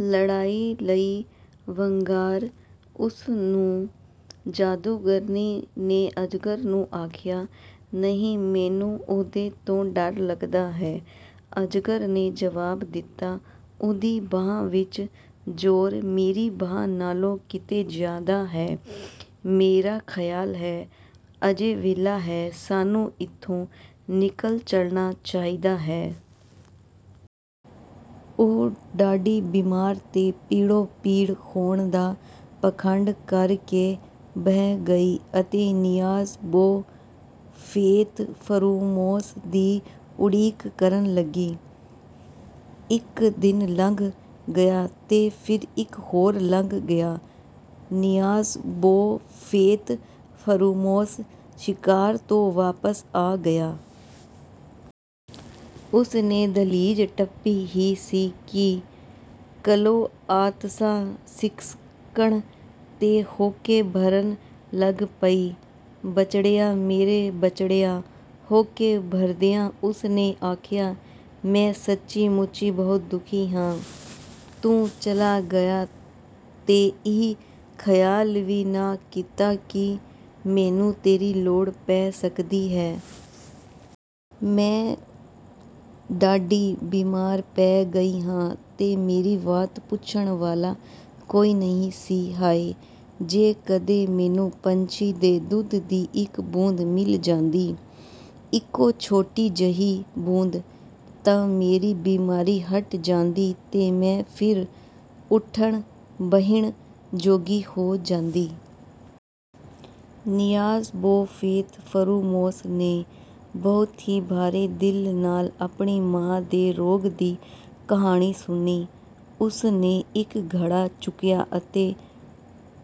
"ਲੜਾਈ ਲਈ ਵੰਗਾਰ ਉਸ ਨੂੰ!" ਜਾਦੂਗਰਨੀ ਨੇ ਅਜਗਰ ਨੂੰ ਆਖਿਆ। "ਨਹੀਂ, ਮੈਨੂੰ ਉਹਦੇ ਤੋਂ ਡਰ ਲੱਗਦਾ ਹੈ," ਅਜਗਰ ਨੇ ਜਵਾਬ ਦਿੱਤਾ, "ਉਹਦੀ ਬਾਂਹ ਵਿੱਚ ਜ਼ੋਰ ਮੇਰੀ ਬਾਂਹ ਨਾਲੋਂ ਕਿਤੇ ਜ਼ਿਆਦਾ ਹੈ। ਮੇਰਾ ਖ਼ਿਆਲ ਹੈ, ਅਜੇ ਵੇਲਾ ਹੈ, ਸਾਨੂੰ ਇੱਥੋਂ ਨਿਕਲ ਚੱਲਣਾ ਚਾਹੀਦਾ ਹੈ। ਉਹ ਡਾਢੀ ਬੀਮਾਰ ਤੇ ਪੀੜੋ-ਪੀੜ ਹੋਣ ਦਾ ਪਾਖੰਡ ਕਰ ਕੇ ਬਹਿ ਗਈ ਅਤੇ ਨਿਆਜ਼-ਬੋ ਫ਼ੇਤ-ਫ਼ਰੂਮੋਸ ਦੀ ਉਡੀਕ ਕਰਨ ਲੱਗੀ। ਇੱਕ ਦਿਨ ਲੰਘ ਗਿਆ ਤੇ ਫਿਰ ਇੱਕ ਹੋਰ ਲੰਘ ਗਿਆ। ਨਿਆਜ਼-ਬੋ ਫ਼ੇਤ-ਫ਼ਰੂਮੋਸ ਸ਼ਿਕਾਰ ਤੋਂ ਵਾਪਸ ਆ ਗਿਆ। ਉਸ ਨੇ ਦਹਿਲੀਜ਼ ਟੱਪੀ ਹੀ ਸੀ ਕਿ ਕਲੋਆਂਤਸਾ ਸਿਸਕਣ ਤੇ ਹਉਕੇ ਭਰਨ ਲੱਗ ਪਈ। "ਬੱਚੜਿਆ, ਮੇਰੇ ਬੱਚੜਿਆ!" ਹਉਕੇ ਭਰਦਿਆਂ ਉਸ ਨੇ ਆਖਿਆ, "ਮੈਂ ਸੱਚੀ-ਮੁੱਚੀ ਬਹੁਤ ਦੁਖੀ ਹਾਂ। ਤੂੰ ਚਲਾ ਗਿਆ ਤੇ ਇਹ ਖ਼ਿਆਲ ਵੀ ਨਾ ਕੀਤਾ ਕਿ ਮੈਨੂੰ ਤੇਰੀ ਲੋੜ ਪੈ ਸਕਦੀ ਹੈ। ਮੈਂ ਡਾਢੀ ਬੀਮਾਰ ਪੈ ਗਈ ਹਾਂ ਤੇ ਮੇਰੀ ਵਾਤ ਪੁੱਛਣ ਵਾਲਾ ਕੋਈ ਨਹੀਂ ਸੀ। ਹਾਇ! ਜੇ ਕਦੇ ਮੈਨੂੰ ਪੰਛੀ ਦੇ ਦੁੱਧ ਦੀ ਇੱਕ ਬੂੰਦ ਮਿਲ ਜਾਂਦੀ, ਇੱਕੋ ਛੋਟੀ ਜਿਹੀ ਬੂੰਦ... ਤਾਂ ਮੇਰੀ ਬੀਮਾਰੀ ਹਟ ਜਾਂਦੀ ਤੇ ਮੈਂ ਫਿਰ ਉੱਠਣ-ਬਹਿਣ ਜੋਗੀ ਹੋ ਜਾਂਦੀ।" ਨਿਆਜ਼-ਬੋ ਫ਼ੇਤ-ਫ਼ਰੂਮੋਸ ਨੇ ਬਹੁਤ ਹੀ ਭਾਰੇ ਦਿਲ ਨਾਲ ਆਪਣੀ ਮਾਂ ਦੇ ਰੋਗ ਦੀ ਕਹਾਣੀ ਸੁਣੀ। ਉਸ ਨੇ ਇੱਕ ਘੜਾ ਚੁੱਕਿਆ ਅਤੇ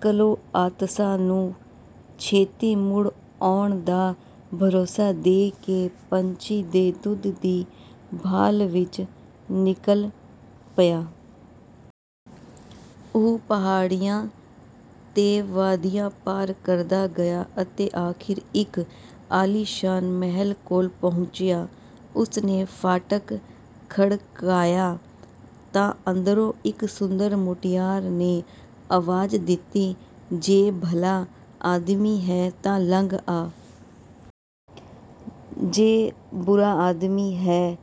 ਕਲੋਆਂਤਸਾ ਨੂੰ ਛੇਤੀ ਮੁੜ ਆਉਣ ਦਾ ਭਰੋਸਾ ਦੇ ਕੇ ਪੰਛੀ ਦੇ ਦੁੱਧ ਦੀ ਭਾਲ ਵਿੱਚ ਨਿਕਲ ਪਿਆ। ਉਹ ਪਹਾੜੀਆਂ ਤੇ ਵਾਦੀਆਂ ਪਾਰ ਕਰਦਾ ਗਿਆ ਅਤੇ ਅਖ਼ੀਰ ਇੱਕ ਆਲੀਸ਼ਾਨ ਮਹਿਲ ਕੋਲ ਪਹੁੰਚਿਆ। ਉਸ ਨੇ ਫਾਟਕ ਖੜਕਾਇਆ, ਤਾਂ ਅੰਦਰੋਂ ਇੱਕ ਸੁੰਦਰ ਮੁਟਿਆਰ ਨੇ ਆਵਾਜ਼ ਦਿੱਤੀ: "ਜੇ ਭਲਾ ਆਦਮੀ ਹੈਂ, ਤਾਂ ਲੰਘ ਆ। ਜੇ ਬੁਰਾ ਆਦਮੀ ਹੈਂ,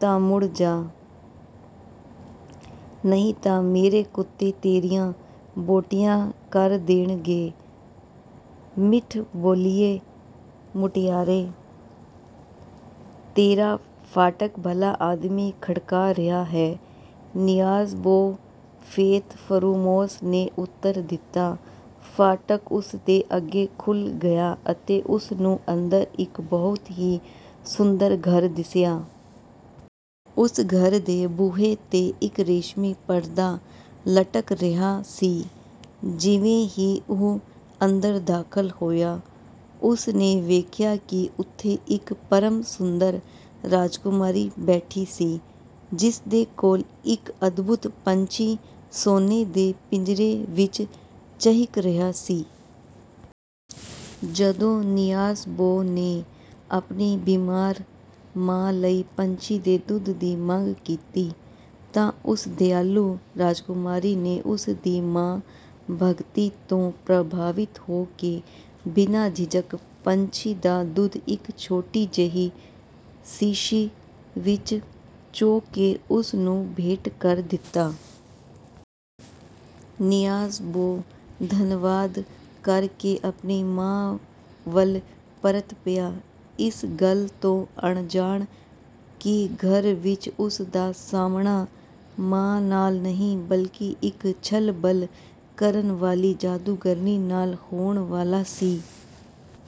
ਤਾਂ ਮੁੜ ਜਾ, ਨਹੀਂ ਤਾਂ ਮੇਰੇ ਕੁੱਤੇ ਤੇਰੀਆਂ ਬੋਟੀਆਂ ਕਰ ਦੇਣਗੇ!" "ਮਿੱਠ-ਬੋਲੀਏ ਮੁਟਿਆਰੇ, ਤੇਰਾ ਫਾਟਕ ਭਲਾ ਆਦਮੀ ਖੜਕਾ ਰਿਹਾ ਹੈ," ਨਿਆਜ਼-ਬੋ ਫ਼ੇਤ-ਫ਼ਰੂਮੋਸ ਨੇ ਉੱਤਰ ਦਿੱਤਾ। ਫਾਟਕ ਉਸ ਦੇ ਅੱਗੇ ਖੁੱਲ੍ਹ ਗਿਆ ਅਤੇ ਉਸ ਨੂੰ ਅੰਦਰ ਇੱਕ ਬਹੁਤ ਹੀ ਸੁੰਦਰ ਘਰ ਦਿਸਿਆ। ਉਸ ਘਰ ਦੇ ਬੂਹੇ 'ਤੇ ਇੱਕ ਰੇਸ਼ਮੀ ਪਰਦਾ ਲਟਕ ਰਿਹਾ ਸੀ। ਜਿਵੇਂ ਹੀ ਉਹ ਅੰਦਰ ਦਾਖ਼ਲ ਹੋਇਆ, ਉਸ ਨੇ ਵੇਖਿਆ ਕਿ ਉੱਥੇ ਇੱਕ ਪਰਮ-ਸੁੰਦਰ ਰਾਜਕੁਮਾਰੀ ਬੈਠੀ ਸੀ, ਜਿਸ ਦੇ ਕੋਲ ਇੱਕ ਅਦਭੁਤ ਪੰਛੀ ਸੋਨੇ ਦੇ ਪਿੰਜਰੇ ਵਿੱਚ ਚਹਿਕ ਰਿਹਾ ਸੀ। ਜਦੋਂ ਨਿਆਜ਼-ਬੋ ਨੇ ਆਪਣੀ ਬੀਮਾਰ ਮਾਂ ਲਈ ਪੰਛੀ ਦੇ ਦੁੱਧ ਦੀ ਮੰਗ ਕੀਤੀ, ਤਾਂ ਉਸ ਦਿਆਲੂ ਰਾਜਕੁਮਾਰੀ ਨੇ ਉਸ ਦੀ ਮਾਂ ਭਗਤੀ ਤੋਂ ਪ੍ਰਭਾਵਿਤ ਹੋ ਕੇ ਬਿਨਾਂ ਝਿਜਕ ਪੰਛੀ ਦਾ ਦੁੱਧ ਇੱਕ ਛੋਟੀ ਜਿਹੀ ਸੀਸ਼ੀ ਵਿੱਚ ਚੋ ਕੇ ਉਸ ਨੂੰ ਭੇਂਟ ਕਰ ਦਿੱਤਾ। ਨਿਆਜ਼-ਬੋ ਧੰਨਵਾਦ ਕਰ ਕੇ ਆਪਣੀ ਮਾਂ ਵੱਲ ਪਰਤ ਪਿਆ, ਇਸ ਗੱਲ ਤੋਂ ਅਣਜਾਣ ਕਿ ਘਰ ਵਿੱਚ ਉਸ ਦਾ ਸਾਹਮਣਾ ਮਾਂ ਨਾਲ ਨਹੀਂ, ਬਲਕਿ ਇੱਕ ਛੱਲਬਲ ਕਰਨ ਵਾਲੀ ਜਾਦੂਗਰਨੀ ਨਾਲ ਹੋਣ ਵਾਲਾ ਸੀ।